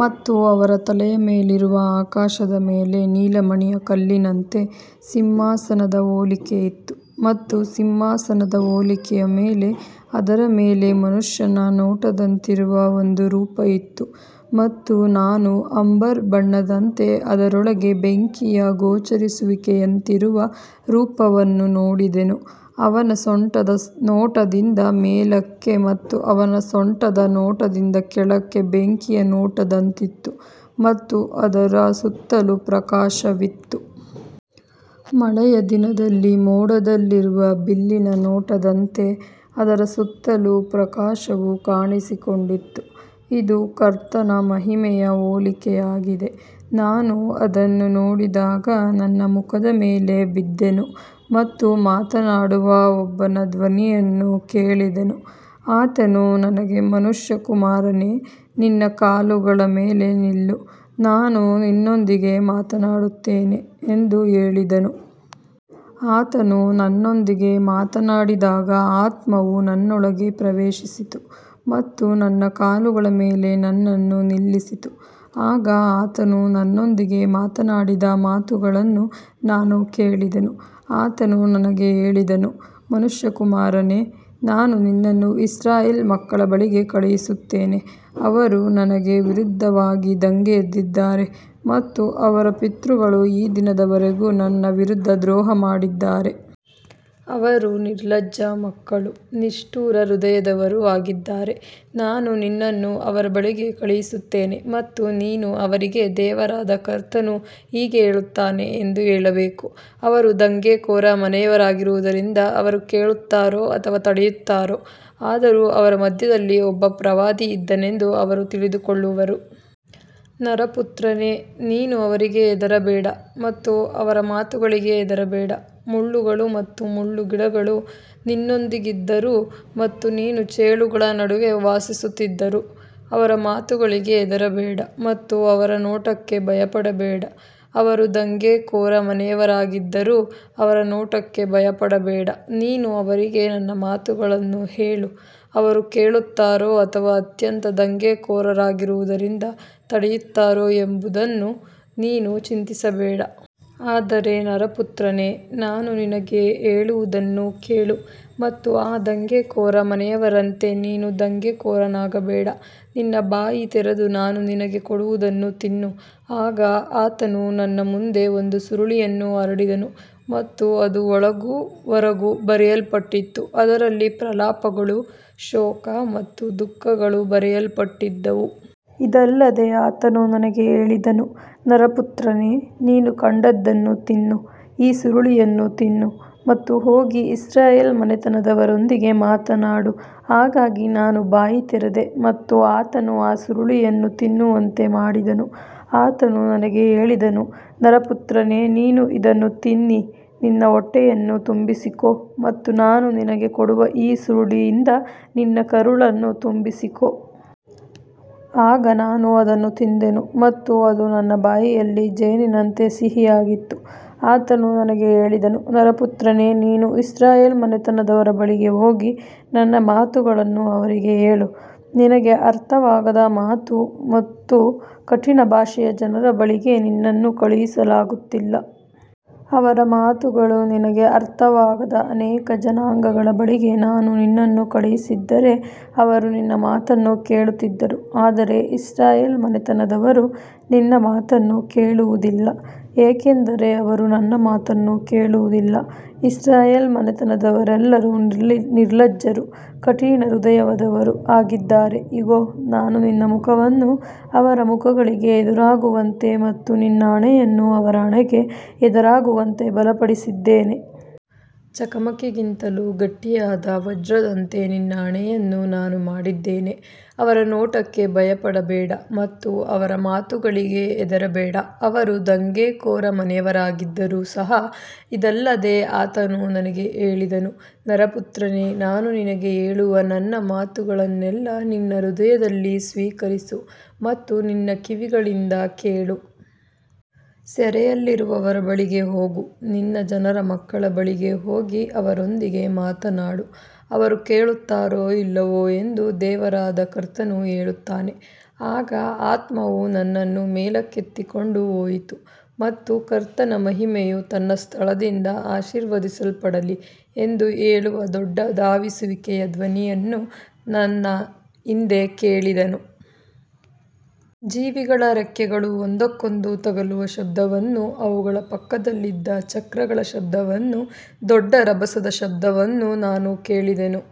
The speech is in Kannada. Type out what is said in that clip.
ಮತ್ತು ಅವರ ತಲೆಯ ಮೇಲಿರುವ ಆಕಾಶದ ಮೇಲೆ ನೀಲಮಣಿಯ ಕಲ್ಲಿನಂತೆ ಸಿಂಹಾಸನದ ಹೋಲಿಕೆ ಇತ್ತು ಮತ್ತು ಸಿಂಹಾಸನದ ಹೋಲಿಕೆಯ ಮೇಲೆ ಅದರ ಮೇಲೆ ಮನುಷ್ಯನ ನೋಟದಂತಿರುವ ಒಂದು ರೂಪ ಇತ್ತು. ಮತ್ತು ನಾನು ಅಂಬರ್ ಬಣ್ಣದಂತೆ, ಅದರೊಳಗೆ ಬೆಂಕಿಯ ಗೋಚರಿಸುವಿಕೆಯಂತಿರುವ ರೂಪವನ್ನು ನೋಡಿದೆನು. ಅವನ ಸೊಂಟದ ನೋಟದಿಂದ ಮೇಲಕ್ಕೆ ಮತ್ತು ಅವನ ಸೊಂಟದ ನೋಟದಿಂದ ಕೆಳಕ್ಕೆ ಬೆಂಕಿಯ ನೋಟದಂತಿತ್ತು ಮತ್ತು ಅದರ ಸುತ್ತಲೂ ಪ್ರಕಾಶವಿತ್ತು. ಮಳೆಯ ದಿನದಲ್ಲಿ ಮೋಡದಲ್ಲಿರುವ ಬಿಲ್ಲಿನ ನೋಟದಂತೆ ಅದರ ಸುತ್ತಲೂ ಪ್ರಕಾಶವು ಕಾಣಿಸಿಕೊಂಡಿತು. ಇದು ಕರ್ತನ ಮಹಿಮೆಯ ಹೋಲಿಕೆಯಾಗಿದೆ. ನಾನು ಅದನ್ನು ನೋಡಿದಾಗ ನನ್ನ ಮುಖದ ಮೇಲೆ ಬಿದ್ದೆನು ಮತ್ತು ಮಾತನಾಡುವ ಒಬ್ಬನ ಧ್ವನಿಯನ್ನು ಕೇಳಿದೆನು. ಆತನು ನನಗೆ, ಮನುಷ್ಯಕುಮಾರನೇ, ನಿನ್ನ ಕಾಲುಗಳ ಮೇಲೆ ನಿಲ್ಲು, ನಾನು ನಿನ್ನೊಂದಿಗೆ ಮಾತನಾಡುತ್ತೇನೆ ಎಂದು ಹೇಳಿದನು. ಆತನು ನನ್ನೊಂದಿಗೆ ಮಾತನಾಡಿದಾಗ ಆತ್ಮವು ನನ್ನೊಳಗೆ ಪ್ರವೇಶಿಸಿತು ಮತ್ತು ನನ್ನ ಕಾಲುಗಳ ಮೇಲೆ ನನ್ನನ್ನು ನಿಲ್ಲಿಸಿತು. ಆಗ ಆತನು ನನ್ನೊಂದಿಗೆ ಮಾತನಾಡಿದ ಮಾತುಗಳನ್ನು ನಾನು ಕೇಳಿದೆನು. ಆತನು ನನಗೆ ಹೇಳಿದನು, ಮನುಷ್ಯಕುಮಾರನೇ, ನಾನು ನಿನ್ನನ್ನು ಇಸ್ರಾಯೇಲ್ ಮಕ್ಕಳ ಬಳಿಗೆ ಕಳುಹಿಸುತ್ತೇನೆ. ಅವರು ನನಗೆ ವಿರುದ್ಧವಾಗಿ ದಂಗೆಯೆದ್ದಿದ್ದಾರೆ ಮತ್ತು ಅವರ ಪಿತೃಗಳು ಈ ದಿನದವರೆಗೂ ನನ್ನ ವಿರುದ್ಧ ದ್ರೋಹ ಮಾಡಿದ್ದಾರೆ. ಅವರು ನಿರ್ಲಜ್ಜ ಮಕ್ಕಳೂ ನಿಷ್ಠುರ ಹೃದಯದವರೂ ಆಗಿದ್ದಾರೆ. ನಾನು ನಿನ್ನನ್ನು ಅವರ ಬಳಿಗೆ ಕಳುಹಿಸುತ್ತೇನೆ ಮತ್ತು ನೀನು ಅವರಿಗೆ, ದೇವರಾದ ಕರ್ತನು ಹೀಗೆ ಹೇಳುತ್ತಾನೆ ಎಂದು ಹೇಳಬೇಕು. ಅವರು ದಂಗೆಕೋರ ಮನೆಯವರಾಗಿರುವುದರಿಂದ ಅವರು ಕೇಳುತ್ತಾರೋ ಅಥವಾ ತಡೆಯುತ್ತಾರೋ, ಆದರೂ ಅವರ ಮಧ್ಯದಲ್ಲಿ ಒಬ್ಬ ಪ್ರವಾದಿ ಇದ್ದನೆಂದು ಅವರು ತಿಳಿದುಕೊಳ್ಳುವರು. ನರಪುತ್ರನೇ, ನೀನು ಅವರಿಗೆ ಹೆದರಬೇಡ ಮತ್ತು ಅವರ ಮಾತುಗಳಿಗೆ ಹೆದರಬೇಡ. ಮುಳ್ಳುಗಳು ಮತ್ತು ಮುಳ್ಳುಗಿಡಗಳು ನಿನ್ನೊಂದಿಗಿದ್ದರೂ ಮತ್ತು ನೀನು ಚೇಳುಗಳ ನಡುವೆ ವಾಸಿಸುತ್ತಿದ್ದರೂ ಅವರ ಮಾತುಗಳಿಗೆ ಹೆದರಬೇಡ ಮತ್ತು ಅವರ ನೋಟಕ್ಕೆ ಭಯಪಡಬೇಡ. ಅವರು ದಂಗೆಕೋರ ಮನೆಯವರಾಗಿದ್ದರೂ ಅವರ ನೋಟಕ್ಕೆ ಭಯಪಡಬೇಡ. ನೀನು ಅವರಿಗೆ ನನ್ನ ಮಾತುಗಳನ್ನು ಹೇಳು, ಅವರು ಕೇಳುತ್ತಾರೋ ಅಥವಾ ಅತ್ಯಂತ ದಂಗೆಕೋರರಾಗಿರುವುದರಿಂದ ತಡೆಯುತ್ತಾರೋ ಎಂಬುದನ್ನು ನೀನು ಚಿಂತಿಸಬೇಡ. ಆದರೆ ನರಪುತ್ರನೇ, ನಾನು ನಿನಗೆ ಹೇಳುವುದನ್ನು ಕೇಳು ಮತ್ತು ಆ ದಂಗೆಕೋರ ಮನೆಯವರಂತೆ ನೀನು ದಂಗೆಕೋರನಾಗಬೇಡ. ನಿನ್ನ ಬಾಯಿ ತೆರೆದು ನಾನು ನಿನಗೆ ಕೊಡುವುದನ್ನು ತಿನ್ನು. ಆಗ ಆತನು ನನ್ನ ಮುಂದೆ ಒಂದು ಸುರುಳಿಯನ್ನು ಹರಡಿದನು ಮತ್ತು ಅದು ಒಳಗೂ ಹೊರಗೂ ಬರೆಯಲ್ಪಟ್ಟಿತ್ತು. ಅದರಲ್ಲಿ ಪ್ರಲಾಪಗಳು, ಶೋಕ ಮತ್ತು ದುಃಖಗಳು ಬರೆಯಲ್ಪಟ್ಟಿದ್ದವು. ಇದಲ್ಲದೆ ಆತನು ನನಗೆ ಹೇಳಿದನು, ನರಪುತ್ರನೇ, ನೀನು ಕಂಡದ್ದನ್ನು ತಿನ್ನು, ಈ ಸುರುಳಿಯನ್ನು ತಿನ್ನು ಮತ್ತು ಹೋಗಿ ಇಸ್ರಾಯೇಲ್ ಮನೆತನದವರೊಂದಿಗೆ ಮಾತನಾಡು. ಹಾಗಾಗಿ ನಾನು ಬಾಯಿ ತೆರೆದೆ ಮತ್ತು ಆತನು ಆ ಸುರುಳಿಯನ್ನು ತಿನ್ನುವಂತೆ ಮಾಡಿದನು. ಆತನು ನನಗೆ ಹೇಳಿದನು, ನರಪುತ್ರನೇ, ನೀನು ಇದನ್ನು ತಿನ್ನಿ ನಿನ್ನ ಹೊಟ್ಟೆಯನ್ನು ತುಂಬಿಸಿಕೋ ಮತ್ತು ನಾನು ನಿನಗೆ ಕೊಡುವ ಈ ಸುರುಳಿಯಿಂದ ನಿನ್ನ ಕರುಳನ್ನು ತುಂಬಿಸಿಕೋ. ಆಗ ನಾನು ಅದನ್ನು ತಿಂದೆನು ಮತ್ತು ಅದು ನನ್ನ ಬಾಯಿಯಲ್ಲಿ ಜೇನಿನಂತೆ ಸಿಹಿಯಾಗಿತ್ತು. ಆತನು ನನಗೆ ಹೇಳಿದನು, ನರಪುತ್ರನೇ, ನೀನು ಇಸ್ರಾಯೇಲ್ ಮನೆತನದವರ ಬಳಿಗೆ ಹೋಗಿ ನನ್ನ ಮಾತುಗಳನ್ನು ಅವರಿಗೆ ಹೇಳು. ನಿನಗೆ ಅರ್ಥವಾಗದ ಮಾತು ಮತ್ತು ಕಠಿಣ ಭಾಷೆಯ ಜನರ ಬಳಿಗೆ ನಿನ್ನನ್ನು ಕಳುಹಿಸಲಾಗುತ್ತಿಲ್ಲ. ಅವರ ಮಾತುಗಳು ನಿನಗೆ ಅರ್ಥವಾಗದ ಅನೇಕ ಜನಾಂಗಗಳ ಬಳಿಗೆ ನಾನು ನಿನ್ನನ್ನು ಕಳುಹಿಸಿದ್ದರೆ ಅವರು ನಿನ್ನ ಮಾತನ್ನು ಕೇಳುತ್ತಿದ್ದರು. ಆದರೆ ಇಸ್ರಾಯೇಲ್ ಮನೆತನದವರು ನಿನ್ನ ಮಾತನ್ನು ಕೇಳುವುದಿಲ್ಲ, ಏಕೆಂದರೆ ಅವರು ನನ್ನ ಮಾತನ್ನು ಕೇಳುವುದಿಲ್ಲ. ಇಸ್ರಾಯೇಲ್ ಮನೆತನದವರೆಲ್ಲರೂ ನಿರ್ಲಜ್ಜರೂ ಕಠಿಣ ಹೃದಯದವರೂ ಆಗಿದ್ದಾರೆ. ಇಗೋ, ನಾನು ನಿನ್ನ ಮುಖವನ್ನು ಅವರ ಮುಖಗಳಿಗೆ ಎದುರಾಗುವಂತೆ ಮತ್ತು ನಿನ್ನ ಹಣೆಯನ್ನು ಅವರ ಹಣೆಗೆ ಎದುರಾಗುವಂತೆ ಬಲಪಡಿಸಿದ್ದೇನೆ. ಚಕಮಕಿಗಿಂತಲೂ ಗಟ್ಟಿಯಾದ ವಜ್ರದಂತೆ ನಿನ್ನ ಹಣೆಯನ್ನು ನಾನು ಮಾಡಿದ್ದೇನೆ. ಅವರ ನೋಟಕ್ಕೆ ಭಯಪಡಬೇಡ ಮತ್ತು ಅವರ ಮಾತುಗಳಿಗೆ ಹೆದರಬೇಡ, ಅವರು ದಂಗೆಕೋರ ಮನೆಯವರಾಗಿದ್ದರೂ ಸಹ. ಇದಲ್ಲದೆ ಆತನು ನನಗೆ ಹೇಳಿದನು, ನರಪುತ್ರನೇ, ನಾನು ನಿನಗೆ ಹೇಳುವ ನನ್ನ ಮಾತುಗಳನ್ನೆಲ್ಲಾ ನಿನ್ನ ಹೃದಯದಲ್ಲಿ ಸ್ವೀಕರಿಸು ಮತ್ತು ನಿನ್ನ ಕಿವಿಗಳಿಂದ ಕೇಳು. ಸೆರೆಯಲ್ಲಿರುವವರ ಬಳಿಗೆ ಹೋಗು, ನಿನ್ನ ಜನರ ಮಕ್ಕಳ ಬಳಿಗೆ ಹೋಗಿ ಅವರೊಂದಿಗೆ ಮಾತನಾಡು, ಅವರು ಕೇಳುತ್ತಾರೋ ಇಲ್ಲವೋ ಎಂದು ದೇವರಾದ ಕರ್ತನು ಹೇಳುತ್ತಾನೆ. ಆಗ ಆತ್ಮವು ನನ್ನನ್ನು ಮೇಲಕ್ಕೆತ್ತಿಕೊಂಡು ಹೋಯಿತು ಮತ್ತು ಕರ್ತನ ಮಹಿಮೆಯು ತನ್ನ ಸ್ಥಳದಿಂದ ಆಶೀರ್ವದಿಸಲ್ಪಡಲಿ ಎಂದು ಹೇಳುವ ದೊಡ್ಡ ಧಾವಿಸುವಿಕೆಯ ಧ್ವನಿಯನ್ನು ನನ್ನ ಹಿಂದೆ ಕೇಳಿದೆನು. ಜೀವಿಗಳ ರೆಕ್ಕೆಗಳು ಒಂದಕ್ಕೊಂದು ತಗುಲುವ ಶಬ್ದವನ್ನೂ, ಅವುಗಳ ಪಕ್ಕದಲ್ಲಿದ್ದ ಚಕ್ರಗಳ ಶಬ್ದವನ್ನೂ, ದೊಡ್ಡ ರಭಸದ ಶಬ್ದವನ್ನೂ ನಾನು ಕೇಳಿದೆನು.